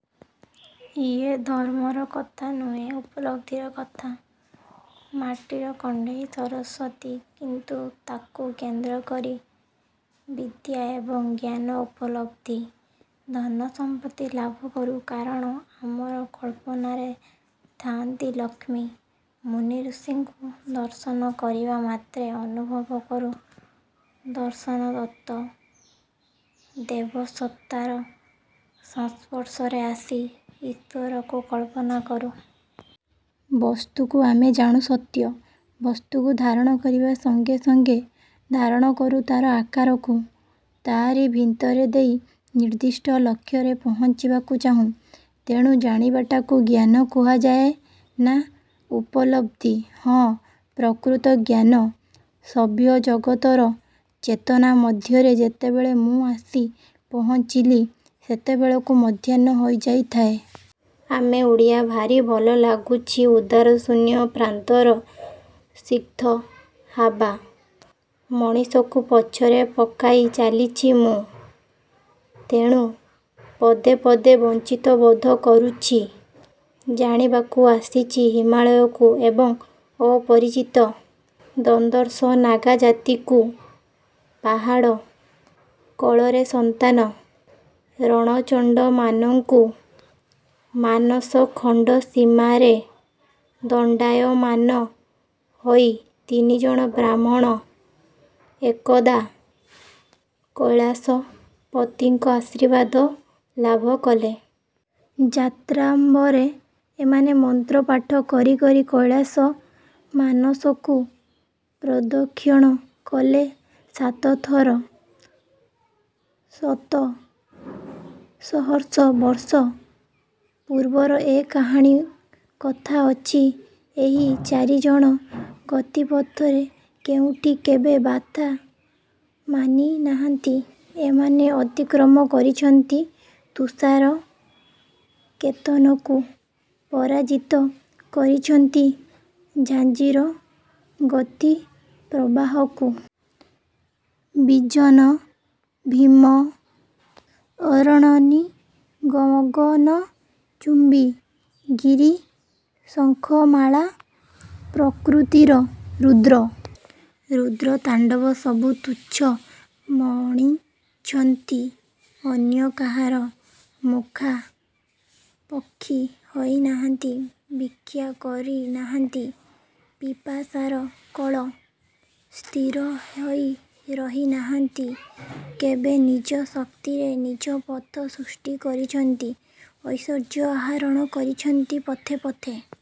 ଇଏ ଧର୍ମର କଥା ନୁହେଁ, ଉପଲବ୍ଧିର କଥା। ମାଟିର କଣ୍ଢେଇ ସରସ୍ୱତୀ, କିନ୍ତୁ ତାକୁ କେନ୍ଦ୍ର କରି ବିଦ୍ୟା ଏବଂ ଜ୍ଞାନର ଉପଲବ୍ଧି। ଧନସମ୍ପତ୍ତି ଲାଭ କରୁ, କାରଣ ଆମର କଳ୍ପନାରେ ଥାଆନ୍ତି ଲକ୍ଷ୍ମୀ। ମୁନି ଋଷିଙ୍କୁ ଦର୍ଶନ କରିବାମାତ୍ରେ ଅନୁଭବ କରୁ ଦର୍ଶନତତ୍ତ୍ୱ। ଦୈବସତ୍ତାର ସଂସ୍ପର୍ଶରେ ଆସି ଈଶ୍ୱରକୁ କଳ୍ପନା କରୁ। ବସ୍ତୁକୁ ଆମେ ଜାଣୁ ସତ୍ୟ। ବସ୍ତୁକୁ ଧାରଣ କରିବା ସଙ୍ଗେ ସଙ୍ଗେ ଧାରଣ କରୁ ତାର ଆକାରକୁ। ତାରି ଭିନ୍ତରେ ଦେଇ ନିର୍ଦ୍ଦିଷ୍ଟ ଲକ୍ଷ୍ୟରେ ପହଞ୍ଚିବାକୁ ଚାହୁଁ। ତେଣୁ ଜାଣିବାଟାକୁ ଜ୍ଞାନ କୁହାଯାଏନା, ଉପଲବ୍ଧି ହଁ ପ୍ରକୃତ ଜ୍ଞାନ। ସଭ୍ୟ ଜଗତର ଚେତନା ମଧ୍ୟରେ ଯେତେବେଳେ ମୁଁ ଆସି ପହଞ୍ଚିଲି, ସେତେବେଳକୁ ମଧ୍ୟାହ୍ନ ହୋଇଯାଇଥାଏ। ଆମେ ଓଡ଼ିଆ ଭାରି ଭଲ ଲାଗୁଛି ଉଦାରଶୂନ୍ୟ ପ୍ରାନ୍ତର ସ୍ନିଗ୍ଧ ହାବା । ମଣିଷକୁ ପଛରେ ପକେଇ ଚାଲିଛି ମୁଁ, ତେଣୁ ପଦେ ପଦେ ବଞ୍ଚିତ ବୋଧ କରୁଛି। ଜାଣିବାକୁ ଆସିଛି ହିମାଳୟକୁ ଏବଂ ଅପରିଚିତ ଦର୍ଦ୍ଧର୍ଷ ନାଗାଜାତିକୁ ପାହାଡ଼ କୋଳରେ ସନ୍ତାନ ରଣଚଣ୍ଡମାନଙ୍କୁ। ମାନସଖଣ୍ଡ ସୀମାରେ ଦଣ୍ଡାୟମାନ ହୋଇ ତିନିଜଣ ବ୍ରାହ୍ମଣ ଏକଦା କୈଳାସପତିଙ୍କ ଆଶୀର୍ବାଦ ଲାଭ କଲେ। ଯାତ୍ରାରମ୍ଭରେ ଏମାନେ ମନ୍ତ୍ରପାଠ କରି କରି କୈଳାସ ମାନସକୁ ପ୍ରଦକ୍ଷିଣ କଲେ ସାତଥର। ଶତ ସହସ୍ର ବର୍ଷ ପୂର୍ବର ଏ କାହାଣୀ। କଥା ଅଛି, ଏହି ଚାରିଜଣ ଗତିପଥରେ କେଉଁଠି କେବେ ବାଧା ମାନି ନାହାନ୍ତି। ଏମାନେ ଅତିକ୍ରମ କରିଛନ୍ତି ତୁଷାରକେତନକୁ। ପରାଜିତ କରିଛନ୍ତି ଝାଞ୍ଜିର ଗତିପ୍ରବାହକୁ। ବିଜନ ଭୀମ ଅରଣନି, ଗଗନଚୁମ୍ବୀ ଗିରିଶଙ୍ଖମାଳା, ପ୍ରକୃତିର ରୁଦ୍ର ରୁଦ୍ର ତାଣ୍ଡବ ସବୁ ତୁଚ୍ଛ ମଣିଛନ୍ତି। ଅନ୍ୟ କାହାର ମୁଖାପକ୍ଷୀ ହୋଇନାହାନ୍ତି। ଭିକ୍ଷା କରି ନାହାନ୍ତି ପିପାସାର କଳ। ସ୍ଥିର ହୋଇ ରହି ନାହାନ୍ତି କେବେ। ନିଜ ଶକ୍ତିରେ ନିଜ ପଥ ସୃଷ୍ଟି କରିଛନ୍ତି। ଐଶ୍ୱର୍ଯ୍ୟ ଆହରଣ କରିଛନ୍ତି ପଥେ ପଥେ।